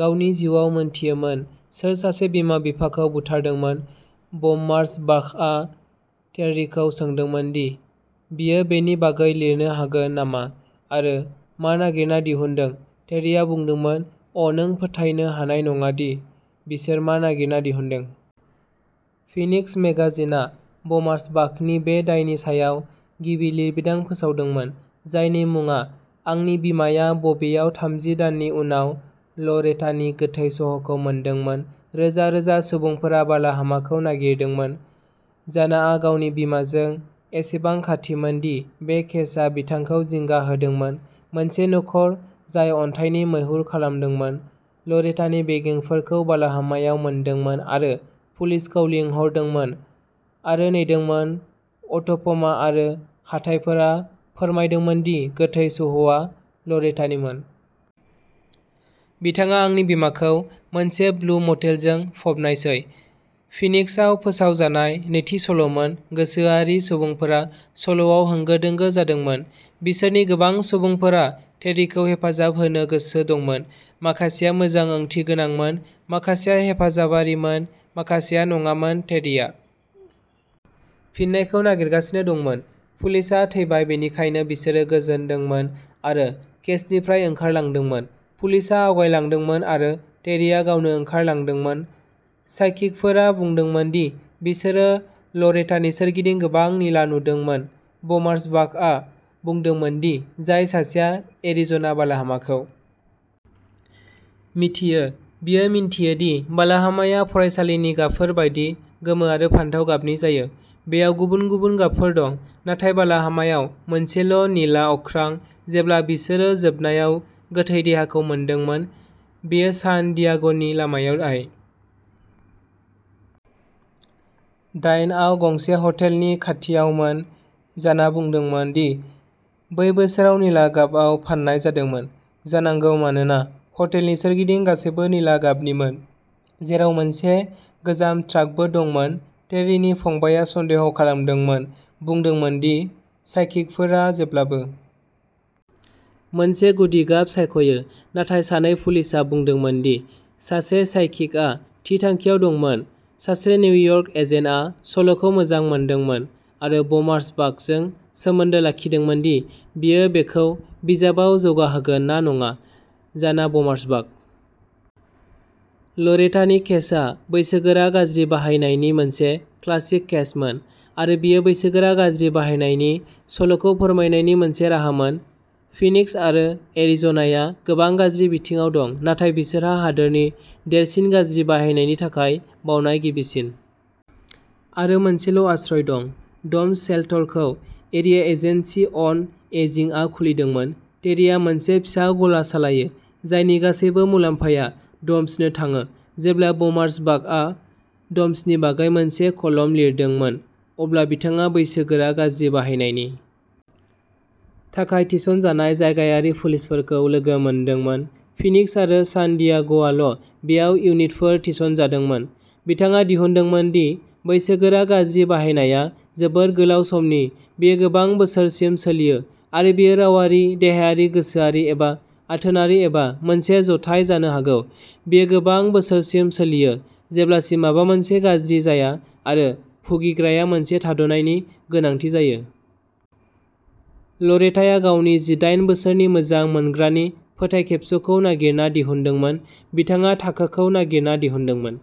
गावनि जिउआव मोनथियोमोन सोर सासे बिमा बिफाखौ बुथारदोंमोन ब'म्मार्सबाखआ टेर्रिखौ सोंदोंमोन दि बियो बेनि बागै लिरनो हागोन नामा आरो मा नागिरना दिहुनदों टेर्रिआ बुंदोंमोन अ'नों फोथायनो हानाय नङा दि बिसोर मा नागिरना दिहुनदों। फिनिक्स मेगाजिनआ ब'म्मार्सबाखनि बे दायनि सायाव गिबि लिरबिदां फोसावदोंमोन जायनि मुङा आंनि बिमाआ बबेयाव थामजि दाननि उनाव लरेटानि गोथै सह'खौ मोनदोंमोन रोजा रोजा सुबुंफोरा बालाहामाखौ नागिरदोंमोन जानाआ गावनि बिमाजों एसेबां खाथिमोन दि बे केसआ बिथांखौ जिंगा होदोंमोन मोनसे नखर जाय अन्थाइनि मैहुर खालामदोंमोन लरेटानि बेगेंफोरखौ बालाहामायाव मोनदोंमोन आरो पुलिसखौ लिंहरदोंमोन आरो नेदोंमोन अट'प'मा आरो हाथाइफोरा फोरमायदोंमोन दि गोथै सह'आ लरेटानिमोन। बिथाङा आंनि बिमाखौ मोनसे ब्लु मटेलजों फबनायसै फिनिक्सआव फोसावजानाय नैथि सल'मोन गोसोआरि सुबुंफोरा सल'आव होंगो दोंगो जादोंमोन बिसोरनि गोबां सुबुंफोरा टेर्रिखौ हेफाजाब होनो गोसो दंमोन माखासेया मोजां ओंथिगोनांमोन माखासेया हेफाजाबारिमोन माखासेया नङामोन टेर्रिआ -- फिननायखौ नागिरगासिनो दंमोन पुलिसआ थैबाय बेनिखायनो बिसोरो गोजोनदोंमोन आरो केसनिफ्राय ओंखारलांदोंमोन पुलिसआ आवगायलांदोंमोन आरो टेरिआ गावनो ओंखारलांदोंमोन साइकिकफोरा बुंदोंमोन दि बिसोरो लरेटानि सोरगिदिं गोबां निला नुदोंमोन ब'म्मार्सबाकआ बुंदोंमोन दि जाय सासेआ एरिज'ना बालाहामाखौ -- मिथियो बियो मिन्थियो दि बालाहामाया फरायसालिनि गाबफोर बायदि गोमो आरो फान्थाव गाबनि जायो बेयाव गुबुन गुबुन गाबफोर दं नाथाय बालाहामायाव मोनसेल'निला अख्रां जेब्ला बिसोरो जोबनायाव गोथै देहाखौ मोनदोंमोन बेयो सान डियागोनि लामायाव आइ -- दाइन आव गंसे हटेलनि खाथियावमोन जाना बुंदोंमोन दि बै बोसोराव निला गाबआव फाननाय जादोंमोन जानांगौ मानोना हटेलनि सोरगिदिं गासैबो निला गाबनिमोन जेराव मोनसे गोजाम ट्राकबो दंमोन टेर्रीनि फंबायआ सन्देह'खालामदोंमोन बुंदोंमोन दि साइकिकफोरा जेब्लाबो -- मोनसे गुदि गाब सायख'यो नाथाय सानै पुलिसआ बुंदोंमोन दि सासे साइकिकआ थि थांखियाव दंमोन सासे निउयर्क एजेन्टआ सल'खौ मोजां मोनदोंमोन आरो ब'म्मार्सबाकजों सोमोन्दो लाखिदोंमोन दि बियो बेखौ बिजाबआव जौगाहोगोन ना नङा जाना ब'म्मार्सबाक -- लरेटानि केसआ बैसोगोरा गाज्रि बाहायनायनि मोनसे क्लासिक केसमोन आरो बेयो बैसोगोरा गाज्रि बाहायनायनि सल'खौ फोरमायनायनि मोनसे राहामोन फिनिक्स आरो एरिज'नाया गोबां गाज्रि बिथिङाव दं नाथाय बिसोरहा हादोरनि देरसिन गाज्रि बाहायनायनि थाखाय बावनाय गिबिसिन। आरो मोनसेल' आश्रय दं ड'भ्स शेल्टरखौ एरिया एजेन्सि अन एजिंगआ खुलिदोंमोन टेरीआ मोनसे फिसा गला सालायो जायनि गासैबो मुलाम्फाया ड'भ्सनो थाङो जेब्ला ब'म्मार्सबाकआ ड'भ्सनि बागै मोनसे कलम लिरदोंमोन अब्ला बिथाङा बैसोगोरा गाज्रि बाहायनायनि -- थाखाय थिसनजानाय जायगायारि पुलिसफोरखौ लोगो मोनदोंमोन फिनिक्स आरो सान डियागोआल'बेयाव इउनिटफोर थिसनजादोंमोन बिथाङा दिहुनदोंमोन दि बैसोगोरा गाज्रि बाहायनाया जोबोद गोलाव समनि बेयो गोबां बोसोरसिम सोलियो आरो बेयो रावारि देहायारि गोसोआरि एबा आथोनारि एबा मोनसे जथाय जानो हागौ बेयो गोबां बोसोरसिम सोलियो जेब्लासिम माबा मोनसे गाज्रि जाया आरो भुगिग्राया मोनसे थाद'नायनि गोनांथि जायो। लरेटाया गावनि जिदाइन बोसोरनि मोजां मोनग्रानि फोथायखेबस'खौ नागिरना दिहुनदोंमोन बिथाङा थाखोखौ नागिरना दिहुनदोंमोन।